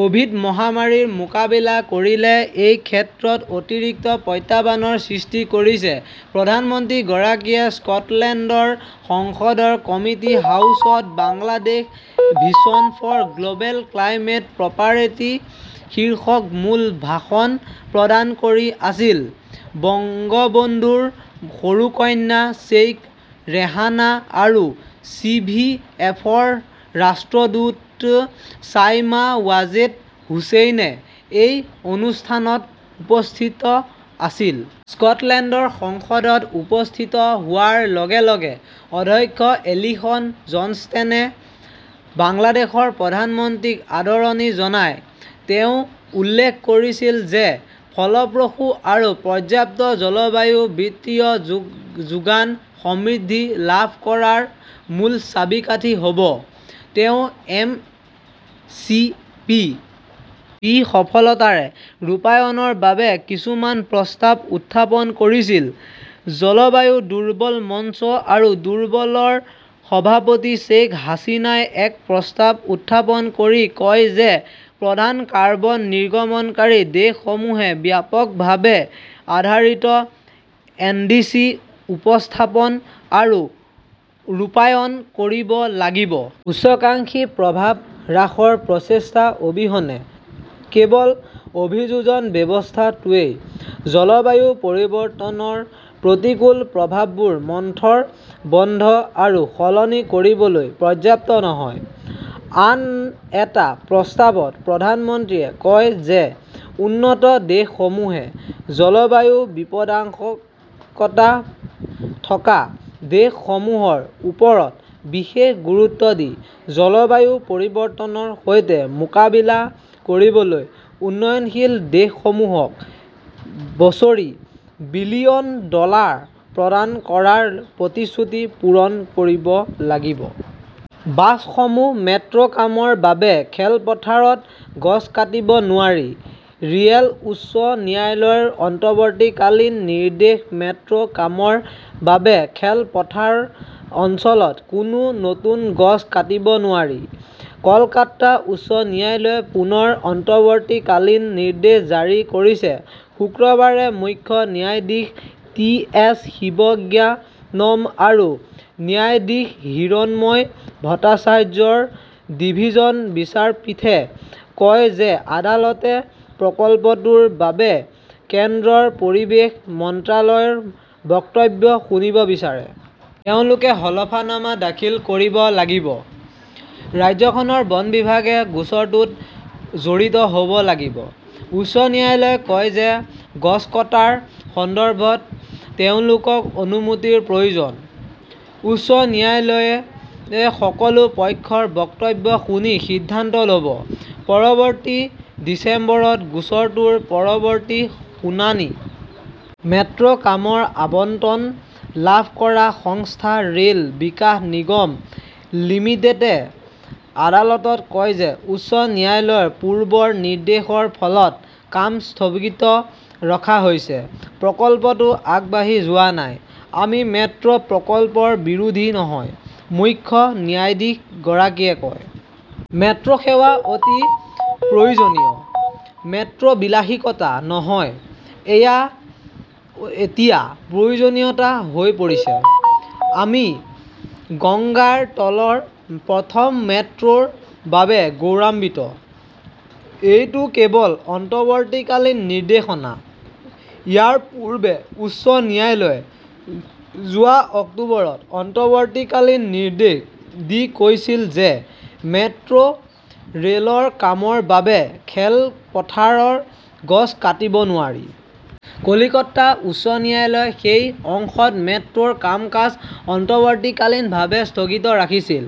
Covid- মহামাৰীৰ মোকাবিলা কৰিলে এই ক্ষেত্ৰত অতিৰিক্ত প্ৰত্যাহ্বানৰ সৃষ্টি কৰিছে। প্ৰধানমন্ত্ৰীগৰাকীয়ে স্কটলেণ্ডৰ সংসদৰ কমিটি হাউচত Bangladesh vision for global climate prosperity" শীৰ্ষক মূল ভাষণ প্ৰদান কৰি আছিল। বংগবন্ধুৰ সৰু কন্যা শ্বেইখ ৰেহানা আৰু চিভিএফৰ ৰাষ্ট্ৰদূত চাইমা ৱাজেদ হুচেইনে এই অনুষ্ঠানত উপস্থিত আছিল। স্কটলেণ্ডৰ সংসদত উপস্থিত হোৱাৰ লগে লগে অধ্যক্ষ এলিসন জনষ্টনে বাংলাদেশৰ প্ৰধানমন্ত্ৰীক আদৰণি জনায়। তেওঁ উল্লেখ কৰিছিল যে ফলপ্ৰসূ আৰু পৰ্যাপ্ত জলবায়ু বিত্তীয় যোগান সমৃদ্ধি লাভ কৰাৰ মূল চাবিকাঠি হ'ব। তেওঁ এম. চি. পি. পি. সফলতাৰে ৰূপায়ণৰ বাবে কিছুমান প্ৰস্তাৱ উত্থাপন কৰিছিল। জলবায়ু দুৰ্বল মঞ্চ আৰু দুৰ্বল ৰ সভাপতি শ্বেখ হাছিনাই এক প্ৰস্তাৱ উত্থাপন কৰি কয় যে প্ৰধান কাৰ্বন নিৰ্গমনকাৰী দেশসমূহে ব্যাপকভাৱে আধাৰিত এনডিচি উপস্থাপন আৰু ৰূপায়ণ কৰিব লাগিব। উচ্চাকাংক্ষী প্ৰভাৱ হ্ৰাসৰ প্ৰচেষ্টা অবিহনে, কেৱল অভিযোজন ব্যৱস্থাটোৱেই জলবায়ু পৰিৱৰ্তনৰ প্ৰতিকূল প্ৰভাৱবোৰ মন্থৰ, বন্ধ আৰু সলনি কৰিবলৈ পৰ্যাপ্ত নহয়। আন এটা প্ৰস্তাৱত প্ৰধানমন্ত্ৰীয়ে কয় যে উন্নত দেশসমূহে জলবায়ু বিপদাশংকা থকা দেশসমূহৰ ওপৰত বিশেষ গুৰুত্ব দি জলবায়ু পৰিৱৰ্তনৰ সৈতে মোকাবিলা কৰিবলৈ উন্নয়নশীল দেশসমূহক বছৰি বিলিয়ন ডলাৰ প্ৰদান কৰাৰ প্ৰতিশ্ৰুতি পূৰণ কৰিব লাগিব। বাছসমূহ মেট্ৰ 'কামৰ বাবে খেলপথাৰত গছ কাটিব নোৱাৰি, ৰয়েল উচ্চ ন্যায়ালয়ৰ অন্তৱৰ্তীকালীন নিৰ্দেশ মেট্ৰ 'কামৰ বাবে খেলপথাৰ অঞ্চলত কোনো নতুন গছ কাটিব নোৱাৰি। কলকাতা উচ্চ ন্যায়ালয়ে পুনৰ অন্তৱৰ্তীকালীন নিৰ্দেশ জাৰি কৰিছে। শুকুৰবাৰে মুখ্য ন্যায়াধীশ টি এছ শিৱজ্ঞানম আৰু ন্যায়াধীশ হিৰণময় ভট্টাচাৰ্যৰ ডিভিছন বিচাৰপীঠে কয় যে আদালতে প্ৰকল্পটোৰ বাবে কেন্দ্ৰৰ পৰিৱেশ মন্ত্ৰালয়ৰ বক্তব্য শুনিব বিচাৰে। তেওঁলোকে হলফনামা দাখিল কৰিব লাগিব। ৰাজ্যখনৰ বন বিভাগে গোচৰটোত জড়িত হ'ব লাগিব। উচ্চ ন্যায়ালয়ে কয় যে গছ কটাৰ সন্দৰ্ভত তেওঁলোকক অনুমতিৰ প্ৰয়োজন। উচ্চ ন্যায়ালয়ে সকলো পক্ষৰ বক্তব্য শুনি সিদ্ধান্ত ল'ব। পৰৱৰ্তী ডিচেম্বৰত গোচৰটোৰ পৰৱৰ্তী শুনানি। মেট্ৰ 'কামৰ আবণ্টন লাভ কৰা সংস্থা ৰে' ল বিকাশ নিগম লিমিটেডে আদালতত কয় যে উচ্চ ন্যায়ালয়ৰ পূৰ্বৰ নিৰ্দেশৰ ফলত কাম স্থগিত ৰখা হৈছে। প্ৰকল্পটো আগবাঢ়ি যোৱা নাই। "আমি মেট্ৰ" প্ৰকল্পৰ বিৰোধী নহয় ", মুখ্য ন্যায়াধীশগৰাকীয়ে কয়। মেট্ৰ 'সেৱা অতি প্ৰয়োজনীয়। মেট্ৰ 'বিলাসিতা নহয়, এয়া এতিয়া প্ৰয়োজনীয়তা হৈ পৰিছে। আমি গংগাৰ তলৰ প্ৰথম মেট্ৰ "ৰ বাবে গৌৰৱান্বিত। এইটো কেৱল অন্তৱৰ্তীকালীন নিৰ্দেশনা। "ইয়াৰ পূৰ্বে উচ্চ ন্যায়ালয়ে যোৱা অক্টোবৰত অন্তৱৰ্তীকালীন নিৰ্দেশ দি কৈছিল যে মেট্ৰ' ৰে'লৰ কামৰ বাবে খেলপথাৰৰ গছ কাটিব নোৱাৰি। কলকাতা উচ্চ ন্যায়ালয়ে সেই অংশত মেট্ৰ'ৰ কাম-কাজ অন্তৱৰ্তীকালীনভাৱে স্থগিত ৰাখিছিল।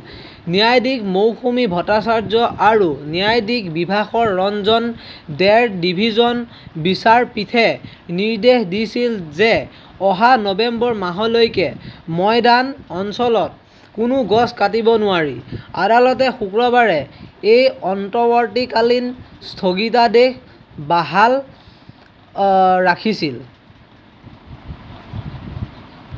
ন্যায়াধীশ মৌসুমী ভট্টাচাৰ্য আৰু ন্যায়াধীশ বিভাসৰঞ্জন দেৰ ডিভিছন বিচাৰপীঠে নিৰ্দেশ দিছিল যে অহা নৱেম্বৰলৈকে ময়দান অঞ্চলত কোনো গছ কাটিব নোৱাৰি। আদালতে শুকুৰবাৰে এই অন্তৱৰ্তীকালীন স্থগিতাদেশ বহাল ৰাখিছিল।